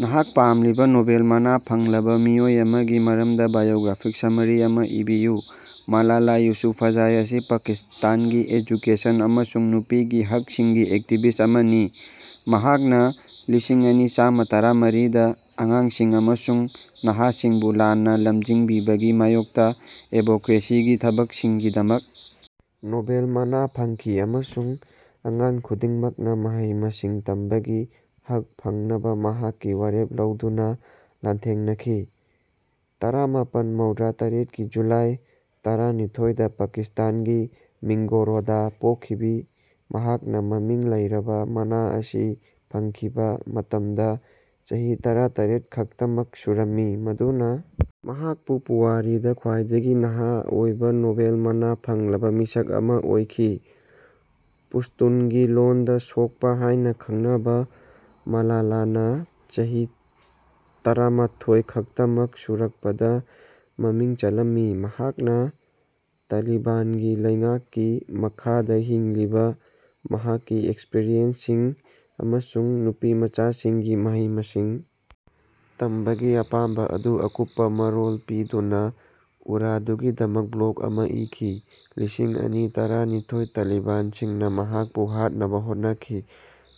ꯅꯍꯥꯛꯅꯥ ꯄꯥꯝꯂꯤꯕꯥ ꯅꯣꯕꯦꯜ ꯃꯅꯥ ꯐꯪꯂꯕꯥ ꯃꯤꯑꯣꯏ ꯑꯃꯒꯤ ꯃꯔꯝꯗꯥ ꯕꯥꯏꯑꯣꯒ꯭ꯔꯥꯐꯤꯛ ꯁꯝꯃꯥꯔꯤ ꯑꯃꯥ ꯏꯕꯤꯌꯨ꯫ ꯃꯥꯂꯥꯂꯥ ꯌꯨꯁꯨꯐꯖꯥꯏ ꯑꯁꯤ ꯄꯥꯀꯤꯁꯇꯥꯟꯒꯤ ꯑꯦꯖꯨꯀꯦꯁꯟ ꯑꯃꯁꯨꯡ ꯅꯨꯄꯤꯒꯤ ꯍꯛꯁꯤꯡꯒꯤ ꯑꯦꯛꯇꯤꯕꯤꯁ ꯑꯃꯅꯤ, ꯃꯍꯥꯛꯅꯥ ꯂꯤꯁꯤꯡꯑꯅꯤ ꯆꯥꯝꯇꯔꯥꯃꯔꯤꯗꯥ ꯑꯉꯥꯡꯁꯤꯡ ꯑꯃꯁꯨꯡ ꯅꯍꯥꯁꯤꯡꯕꯨ ꯂꯥꯟꯅꯥ ꯂꯝꯖꯤꯡꯕꯒꯤ ꯃꯥꯌꯣꯛꯇꯥ ꯑꯦꯗꯚꯣꯀꯦꯁꯤꯒꯤ ꯊꯕꯛꯁꯤꯡꯒꯤꯗꯃꯛ ꯅꯣꯕꯦꯜ ꯃꯅꯥ ꯐꯪꯈꯤ, ꯑꯃꯁꯨꯡ ꯑꯉꯥꯡ ꯈꯨꯗꯤꯡꯃꯛꯅꯥ ꯃꯍꯩ-ꯃꯁꯤꯡ ꯇꯝꯕꯒꯤ ꯍꯛ ꯐꯪꯅꯕꯥ ꯃꯍꯥꯛꯀꯤ ꯋꯥꯔꯦꯞ ꯂꯧꯗꯨꯅꯥ ꯂꯥꯟꯊꯦꯡꯅꯈꯤ꯫ ꯇꯔꯥꯃꯥꯄꯟ ꯃꯧꯗ꯭ꯔꯥꯇꯔꯦꯠꯀꯤ ꯖꯨꯂꯥꯏ ꯇꯔꯥꯅꯤꯊꯣꯏꯗꯥ ꯄꯥꯀꯤꯁꯇꯥꯟꯒꯤ ꯃꯤꯡꯒꯣꯔꯥꯗꯥ ꯄꯣꯛꯈꯤꯕꯤ ꯃꯍꯥꯛꯅꯥ ꯃꯃꯤꯡ ꯂꯩꯔꯕꯥ ꯃꯅꯥ ꯑꯁꯤ ꯐꯪꯈꯤꯕꯥ ꯃꯇꯝꯗꯥ ꯆꯍꯤ ꯇꯔꯥꯇꯔꯦꯠ ꯈꯛꯇꯃꯛ ꯁꯨꯔꯝꯃꯤ, ꯃꯗꯨꯅꯥ ꯃꯍꯥꯛꯄꯨ ꯄꯨꯋꯥꯔꯤꯗꯥ ꯈ꯭ꯋꯥꯏꯗꯒꯤ ꯅꯍꯥ ꯑꯣꯏꯕꯥ ꯅꯣꯕꯦꯜ ꯃꯅꯥ ꯐꯪꯂꯕꯥ ꯃꯤꯁꯛ ꯑꯃꯥ ꯑꯣꯏꯍꯟꯈꯤ꯫ ꯄꯁ꯭ꯇꯨꯟꯒꯤ ꯂꯣꯟꯗꯥ ꯁꯣꯛꯄꯥ ꯍꯥꯏꯅꯥ ꯈꯪꯅꯕꯥ ꯃꯥꯂꯥꯂꯥꯅꯥ ꯆꯍꯤ ꯇꯔꯥꯃꯥꯊꯣꯏ ꯈꯛꯇꯃꯛ ꯁꯨꯔꯛꯄꯗꯥ ꯃꯃꯤꯡ ꯆꯠꯂꯝꯃꯤ, ꯃꯍꯥꯛꯅꯥ ꯇꯥꯂꯤꯕꯥꯟꯒꯤ ꯂꯩꯉꯥꯛꯀꯤ ꯃꯈꯥꯗꯥ ꯍꯤꯡꯂꯤꯕꯥ ꯃꯍꯥꯛꯀꯤ ꯑꯦꯛꯁꯄꯔꯤꯌꯦꯟꯁꯁꯤꯡ ꯑꯃꯁꯨꯡ ꯅꯨꯄꯤꯃꯆꯥꯁꯤꯡꯒꯤ ꯃꯍꯩ-ꯃꯁꯤꯡ ꯇꯝꯕꯒꯤ ꯑꯄꯥꯝꯕꯥ ꯑꯗꯨ ꯑꯀꯨꯞꯄꯥ ꯃꯔꯣꯜ ꯄꯤꯗꯨꯅꯥ ꯎꯔꯗꯨꯒꯤꯗꯃꯛ ꯕ꯭ꯂꯣꯒ ꯑꯃꯥ ꯏꯈꯤ꯫ ꯂꯤꯁꯤꯡ ꯑꯅꯤ ꯇꯔꯥꯅꯤꯊꯣꯏꯗꯥ ꯇꯥꯂꯤꯕꯥꯟꯁꯤꯡꯅꯥ ꯃꯍꯥꯛꯄꯨ ꯍꯥꯠꯅꯕꯥ ꯍꯣꯠꯅꯈꯤ,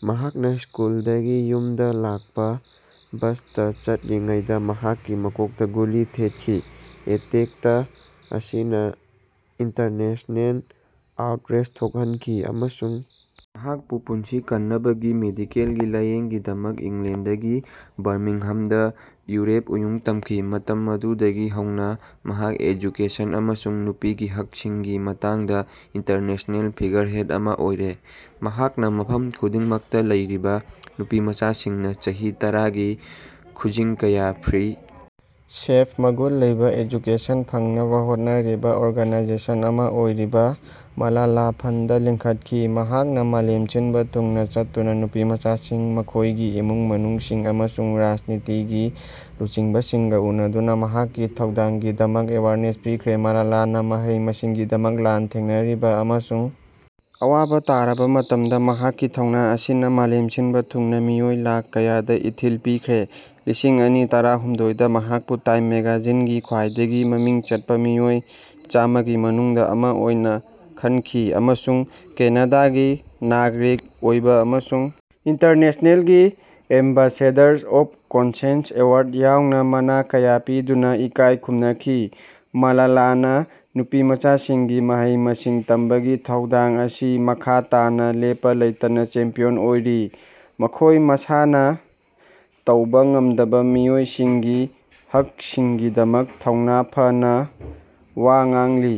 ꯃꯍꯥꯛꯅꯥ ꯁ꯭ꯀꯨꯜꯗꯒꯤ ꯌꯨꯝꯗꯥ ꯂꯥꯛꯄꯥ ꯕꯁꯇꯥ ꯆꯠꯂꯤꯉꯩꯗꯥ ꯃꯍꯥꯛꯀꯤ ꯃꯀꯣꯛꯇꯥ ꯒꯨꯂꯤ ꯊꯥꯈꯤ꯫ ꯑꯦꯇꯦꯛꯇ ꯑꯁꯤꯅꯥ ꯏꯟꯇꯔꯅꯦꯁꯅꯦꯜ ꯑꯥꯎꯠꯔꯦꯖ ꯊꯣꯛꯍꯟꯈꯤ ꯑꯃꯁꯨꯡ ꯃꯍꯥꯛꯄꯨ ꯄꯨꯟꯁꯤ ꯀꯟꯅꯕꯒꯤ ꯃꯦꯗꯤꯀꯦꯜꯒꯤ ꯂꯥꯌꯦꯡꯒꯤꯗꯃꯛ ꯏꯪꯂꯦꯟꯗꯒꯤ ꯕꯔꯃꯤꯡꯍꯥꯝꯗꯥ ꯎꯔꯦꯞ ꯎꯌꯨꯡ ꯇꯝꯈꯤ꯫ ꯃꯇꯝ ꯑꯗꯨꯗꯒꯤ ꯍꯧꯅꯥ ꯃꯍꯥꯛ ꯑꯦꯖꯨꯀꯦꯁꯟ ꯑꯃꯁꯨꯡ ꯅꯨꯄꯤꯒꯤ ꯍꯛꯁꯤꯡꯒꯤ ꯃꯇꯥꯡꯗꯥ ꯏꯟꯇꯔꯅꯦꯁꯅꯦꯜ ꯐꯤꯒꯔꯍꯦꯗ ꯑꯃꯥ ꯑꯣꯏꯔꯦ꯫ ꯃꯍꯥꯛꯅꯥ ꯃꯐꯝ ꯈꯨꯗꯤꯡꯃꯛꯇꯥ ꯂꯩꯔꯤꯕꯥ ꯅꯨꯄꯤꯃꯆꯥꯁꯤꯡꯅꯥ ꯆꯍꯤ ꯇꯔꯥꯒꯤ ꯈꯨꯖꯤꯡ ꯀꯌꯥ ꯐ꯭ꯔꯤ, ꯁꯦꯐ, ꯃꯒꯨꯟ ꯂꯩꯕꯥ ꯑꯦꯖꯨꯀꯦꯁꯟ ꯐꯪꯍꯟꯅꯕꯥ ꯍꯣꯠꯅꯔꯤꯕꯥ ꯑꯣꯔꯒꯅꯥꯏꯖꯦꯁꯟ ꯑꯃꯥ ꯑꯣꯏꯔꯤꯕꯥ ꯃꯥꯂꯥꯂꯥ ꯐꯟꯗ ꯂꯤꯡꯈꯠꯈꯤ꯫ ꯃꯍꯥꯛꯅꯥ ꯃꯥꯂꯦꯝ ꯁꯤꯟꯕꯥ ꯊꯨꯡꯅꯥ ꯆꯠꯇꯨꯅꯥ ꯅꯨꯄꯤꯃꯆꯥꯁꯤꯡ, ꯃꯈꯣꯏꯒꯤ ꯏꯃꯨꯡ ꯃꯅꯨꯡꯁꯤꯡ, ꯑꯃꯁꯨꯡ ꯔꯥꯖꯅꯤꯇꯤꯒꯤ ꯂꯨꯆꯤꯡꯕꯁꯤꯡꯒꯥ ꯎꯅꯗꯨꯅꯥ ꯃꯍꯥꯛꯀꯤ ꯊꯧꯗꯥꯡꯒꯤꯗꯃꯛ ꯑꯦꯋꯦꯌꯔꯅꯦꯁ ꯄꯤꯈ꯭ꯔꯦ꯫ ꯃꯥꯂꯥꯂꯥꯅꯥ ꯃꯍꯩ-ꯃꯁꯤꯡꯒꯤꯗꯃꯛ ꯂꯥꯟꯊꯦꯡꯅꯔꯤꯕꯥ ꯑꯃꯁꯨꯡ ꯑꯋꯥꯕꯥ ꯇꯥꯔꯕꯥ ꯃꯇꯝꯗꯥ ꯃꯍꯥꯛꯀꯤ ꯊꯧꯅꯥ ꯑꯁꯤꯅꯥ ꯃꯥꯂꯦꯝ ꯁꯤꯟꯕꯥ ꯊꯨꯡꯅꯥ ꯃꯤꯑꯣꯏ ꯂꯥꯈ ꯀꯌꯥꯗꯥ ꯏꯊꯤꯜ ꯄꯤꯈ꯭ꯔꯦ꯫ ꯂꯤꯁꯤꯡꯑꯅꯤ ꯇꯔꯥꯍꯨꯝꯗꯣꯏꯗ ꯃꯍꯥꯛꯄꯨ ꯇꯥꯏꯝ ꯃꯦꯒꯥꯖꯤꯟꯒꯤ ꯈ꯭ꯋꯥꯏꯗꯒꯤ ꯃꯃꯤꯡ ꯆꯠꯄꯥ ꯃꯤꯑꯣꯏ ꯆꯥꯝꯃꯥꯒꯤ ꯃꯅꯨꯡꯗꯥ ꯑꯃꯥ ꯑꯣꯏꯅꯥ ꯈꯟꯈꯤ ꯑꯃꯁꯨꯡ ꯀꯦꯅꯥꯗꯥꯒꯤ ꯅꯥꯒꯔꯤꯛ ꯑꯣꯏꯕꯥ ꯑꯃꯁꯨꯡ ꯏꯟꯇꯔꯅꯦꯁꯅꯦꯜꯒꯤ ꯑꯦꯝꯕꯦꯁꯦꯗꯔ ꯑꯣꯐ ꯀꯟꯁꯦꯟꯁ ꯑꯦꯋꯥꯔꯗ ꯌꯥꯎꯅꯥ ꯃꯅꯥ ꯀꯌꯥ ꯄꯤꯗꯨꯅꯥ ꯏꯀꯥꯏ ꯈꯨꯝꯅꯈꯤ꯫ ꯃꯥꯂꯥꯂꯥꯅꯥ ꯅꯨꯄꯤꯃꯆꯥꯁꯤꯡꯒꯤ ꯃꯍꯩ-ꯃꯁꯤꯡ ꯇꯝꯕꯒꯤ ꯊꯧꯗꯥꯡ ꯑꯁꯤ ꯃꯈꯥ ꯇꯥꯅꯥ ꯂꯦꯞꯄꯥ ꯂꯩꯇꯅꯥ ꯆꯦꯝꯄꯤꯌꯟ ꯑꯣꯏꯔꯤ, ꯃꯈꯣꯏ ꯃꯁꯥꯅꯥ ꯇꯧꯕꯥ ꯉꯝꯗꯕꯥ ꯃꯤꯑꯣꯏꯁꯤꯡꯒꯤ ꯍꯛꯁꯤꯡꯒꯤꯗꯃꯛ ꯊꯧꯅꯥ ꯐꯅꯥ ꯋꯥ ꯉꯥꯡꯂꯤ꯫